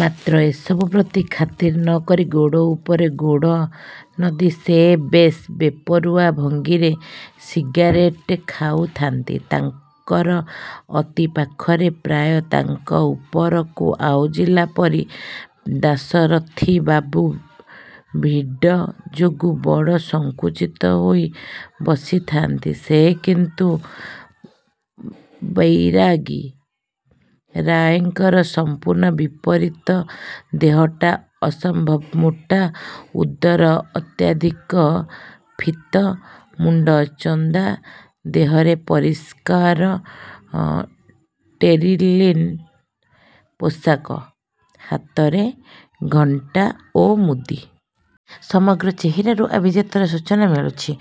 ମାତ୍ର ଏସବୁ ପ୍ରତି ଖାତିର ନକରି ଗୋଡ଼ ଉପରେ ଗୋଡ଼ ନଦି ସେ ବେଶ୍ ବେପରୁଆ ଭଙ୍ଗୀରେ ସିଗାରେଟ ଖାଉଥା'ନ୍ତି। ତାଙ୍କର ଅତି ପାଖରେ ପ୍ରାୟ ତାଙ୍କ ଉପରକୁ ଆଉଜିଲା ପରି, ଦାଶରଥିବାବୁ ଭିଡ଼ ଯୋଗୁଁ ବଡ଼ ସଙ୍କୁଚିତ ହୋଇ ବସିଥା'ନ୍ତି। ସେ କିନ୍ତୁ ବୈରାଗୀ ରାୟଙ୍କର ସମ୍ପୂର୍ଣ୍ଣ ବିପରୀତ ଦେହଟା ଅସମ୍ଭବ ମୋଟା, ଉଦର ଅତ୍ୟଧିକ ଫୀତ, ମୁଣ୍ଡ ଚନ୍ଦା, ଦେହରେ ପରିଷ୍କାର ଟେରିଲିନ ପୋଷାକ, ହାତରେ ଘଣ୍ଟା ଓ ମୁଦି। ସମଗ୍ର ଚେହେରାରୁ ଆଭିଜାତ୍ୟର ସୂଚନା ମିଳୁଛି।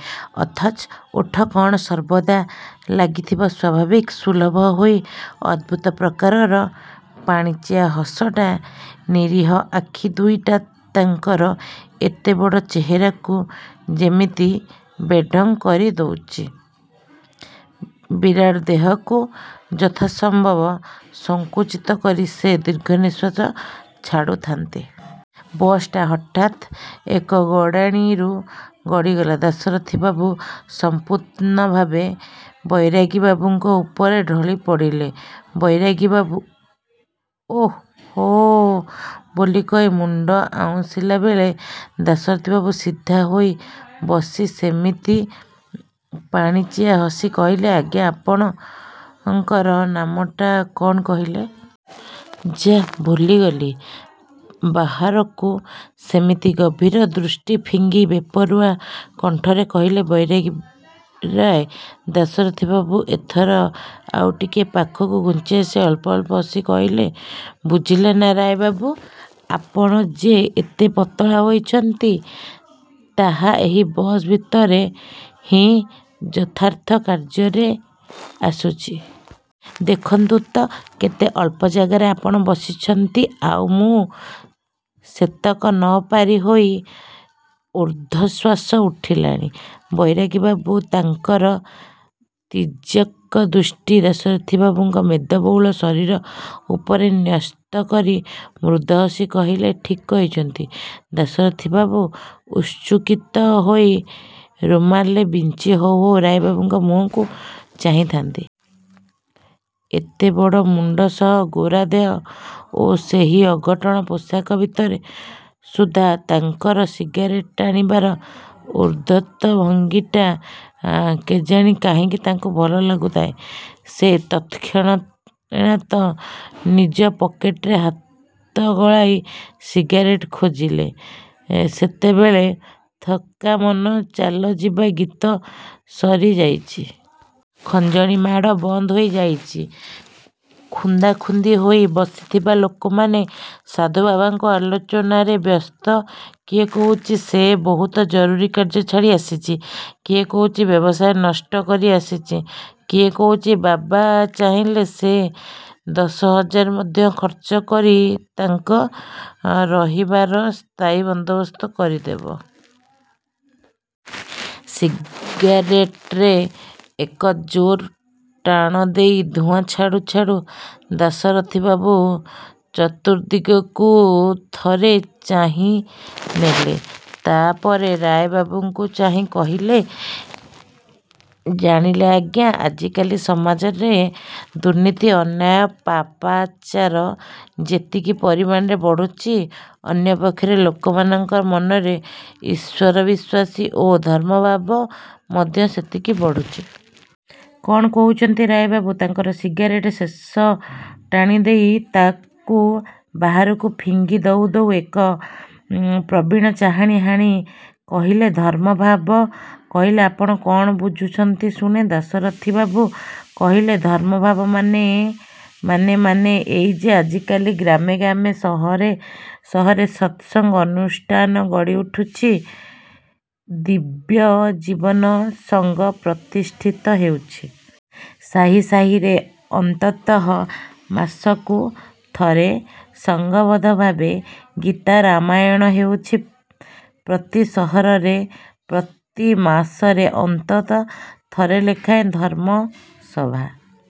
ଅଥଚ ଓଠ କଣରେ ସର୍ବଦା ଲାଗିଥିବା ସ୍ଵଭାବ ସୁଲଭ ହୋଇ ଅଦ୍ଭୁତ ପ୍ରକାରର ପାଣିଚିଆ ହସଟା, ନିରୀହ ଆଖି ଦୁଇଟା ତାଙ୍କର ଏତେବଡ଼ ଚେହେରାକୁ ଯେମିତି ବେଢ଼ଙ୍ଗ କରି ଦଉଚି। ବିରାଟ ଦେହକୁ ଯଥାସମ୍ଭବ ସଙ୍କୁଚିତ କରି ସେ ଦୀର୍ଘଶ୍ୱାସ ଛାଡ଼ୁଥା'ନ୍ତି। ବସଟା ହଠାତ୍ ଏକ ଗଡ଼ାଣିରୁ ଗଡ଼ିଗଲା। ଦାଶରଥିବାବୁ ସମ୍ପୂର୍ଣ୍ଣ ଭାବେ ବୈରାଗୀବାବୁଙ୍କ ଉପରେ ଢଳି ପଡ଼ିଲେ। ବୈରାଗୀବାବୁ "ଓଃ, ହୋ" ବୋଲି କହି ମୁଣ୍ଡ ଆଉଁସିଲା ବେଳେ, ଦାଶରଥିବାବୁ ସିଧା ହୋଇ ବସି ସେମିତି ପାଣିଚିଆ ହସି କହିଲେ, "ଆଜ୍ଞା, ଆପଣଙ୍କ ନାମଟା କଣ କହିଲେ? ଯାଃ, ଭୁଲିଗଲି।" ବାହାରକୁ ସେମିତି ଗଭୀର ଦୃଷ୍ଟି ଫିଙ୍ଗି, ବେପରୁଆ କଣ୍ଠରେ କହିଲେ, "ବୈରାଗୀ ରାୟ।"ଦାଶରଥିବାବୁ ଏଥର ଆଉ ଟିକିଏ ପାଖକୁ ଘୁଞ୍ଚିଆସି, ଅଳ୍ପ ଅଳ୍ପ ହସି କହିଲେ, "ବୁଝିଲେ ନା ରାୟବାବୁ, ଆପଣ ଯେ ଏତେ ପତଳା ହୋଇଚନ୍ତି, ତାହା ଏହି ବସ ଭିତରେ ହିଁ ଯଥାର୍ଥ କାର୍ଯ୍ୟରେ ଆସୁଚି। ଦେଖନ୍ତୁ ତ, କେତେ ଅଳ୍ପ ଜାଗାରେ ଆପଣ ବସିଚନ୍ତି, ଆଉ ମୁଁ ସେତକ ନପାରି, ମୋର ଊର୍ଦ୍ଧ୍ଵଶ୍ଵାସ ଉଠିଲାଣି।" ବୈରାଗୀବାବୁ ତାଙ୍କର ତୀର୍ଯ୍ୟକ ଦୃଷ୍ଟି, ଦାଶରଥିବାବୁଙ୍କ ମେଦବହୁଳ ଶରୀର ଉପରେ ନ୍ୟସ୍ତ କରି, ମୃଦୁ ହସି କହିଲେ, "ଠିକ୍ କହିଛନ୍ତି।" ଦାଶରଥିବାବୁ ଉତ୍ସୁକିତ ହୋଇ, ରୁମାଲରେ ବିଞ୍ଚି ହଉ ହଉ ରାୟବାବୁଙ୍କ ମୁହଁକୁ ଚାହିଁଥା'ନ୍ତି। ଏତେବଡ଼ ମୁଣ୍ଡ ସହ ରୋଗା ଦେହ ଓ ସେହି ଅଘଟଣ ପୋଷାକ ଭିତରେ ସୁଦ୍ଧା, ତାଙ୍କର ସିଗାରେଟ ଟାଣିବାର ଉଦ୍ଧତ ଭଙ୍ଗୀଟା କେଜାଣି କାହିଁକି ତାଙ୍କୁ ଭଲ ଲାଗୁଥାଏ। ସେ ତତ୍କ୍ଷଣାତ୍ ନିଜ ପକେଟରେ ହାତ ଗଳାଇ ସିଗାରେଟ ଖୋଜିଲେ। ସେତେବେଳେ 'ଥକା ମନ ଚାଲି ଯିବା' ଗୀତ ସରିଯାଇଚି। ଖଞ୍ଜଣି ମାଡ଼ ବନ୍ଦ ହୋଇ ଯାଇଚି। ଖୁନ୍ଦାଖୁନ୍ଦି ହୋଇ ବସିଥିବା ଲୋକମାନେ ସାଧୁବାବାଙ୍କ ଆଲୋଚନାରେ ବ୍ୟସ୍ତ। କିଏ କହୁଚି ସେ ବହୁତ ଜରୁରୀ କାର୍ଯ୍ୟ ଛାଡ଼ି ଆସିଚି, କିଏ କହୁଚି ବ୍ୟବସାୟ ନଷ୍ଟ କରି ଆସିଚି, କିଏ କହୁଚି, ବାବା ଚାହିଁଲେ ସେ ଦଶହଜାର ମଧ୍ୟ ଖର୍ଚ୍ଚ କରି ତାଙ୍କ ରହିବାର ସ୍ଥାୟୀ ବନ୍ଦୋବସ୍ତ କରି ଦବ। ସିଗାରେଟରେ ଏକ ଜୋର ଟାଣ ଦେଇ ଧୂଆଁ ଛାଡ଼ୁ ଛାଡ଼ୁ, ଦାଶରଥିବାବୁ ଚତୁର୍ଦ୍ଦିଗକୁ ଥରେ ଚାହିଁନେଲେ, ତା' ପରେ ରାୟବାବୁଙ୍କୁ ଚାହିଁ କହିଲେ, "ଜାଣିଲେ ଆଜ୍ଞା, ଆଜିକାଲି ସମାଜରେ ଦୁର୍ନୀତି, ଅନ୍ୟାୟ, ପାପାଚାର ଯେତିକି ପରିମାଣରେ ବଢ଼ୁଚି, ଅନ୍ୟପକ୍ଷରେ ଲୋକମାନଙ୍କ ମନର ଈଶ୍ୱର ବିଶ୍ୱାସ ଓ ଧର୍ମଭାବ ମଧ୍ୟ ସେତିକି ବଢ଼ୁଚି। କ'ଣ କହୁଚନ୍ତି?" ରାୟବାବୁ ତାଙ୍କ ସିଗାରେଟରେ ଶେଷ ଟାଣି ଦେଇ, ତାକୁ ବାହାରକୁ ଫିଙ୍ଗି ଦଉ ଦଉ ଏକ ପ୍ରବୀଣ ଚାହାଣୀ ହାଣି କହିଲେ, "ଧର୍ମଭାବ କହିଲେ ଆପଣ କ'ଣ ବୁଝନ୍ତି ଶୁଣେ?" ଦାଶରଥିବାବୁ କହିଲେ, "ଧର୍ମଭାବ ମାନେ, ମାନେ, ମାନେ ଏଇଯେ ଆଜିକାଲି ଗ୍ରାମେ ଗ୍ରାମେ ସହରେ ସହରେ ସତ୍ସଙ୍ଗ ଅନୁଷ୍ଠାନ ଗଢ଼ି ଉଠୁଚି, ଦିବ୍ୟଜୀବନ ସଂଘ ପ୍ରତିଷ୍ଠିତ ହେଉଛି। ସାହି ସାହିରେ ଅନ୍ତତଃ ମାସକୁ ଥରେ ସଂଘବଦ୍ଧ ଭାବେ ଗୀତା-ରାମାୟଣ ହେଉଛି। ପ୍ରତି ସହରରେ, ପ୍ରତି ମାସରେ ଅନ୍ତତଃ ଥରେ ଲେଖାଁଏ ଧର୍ମ ସଭା"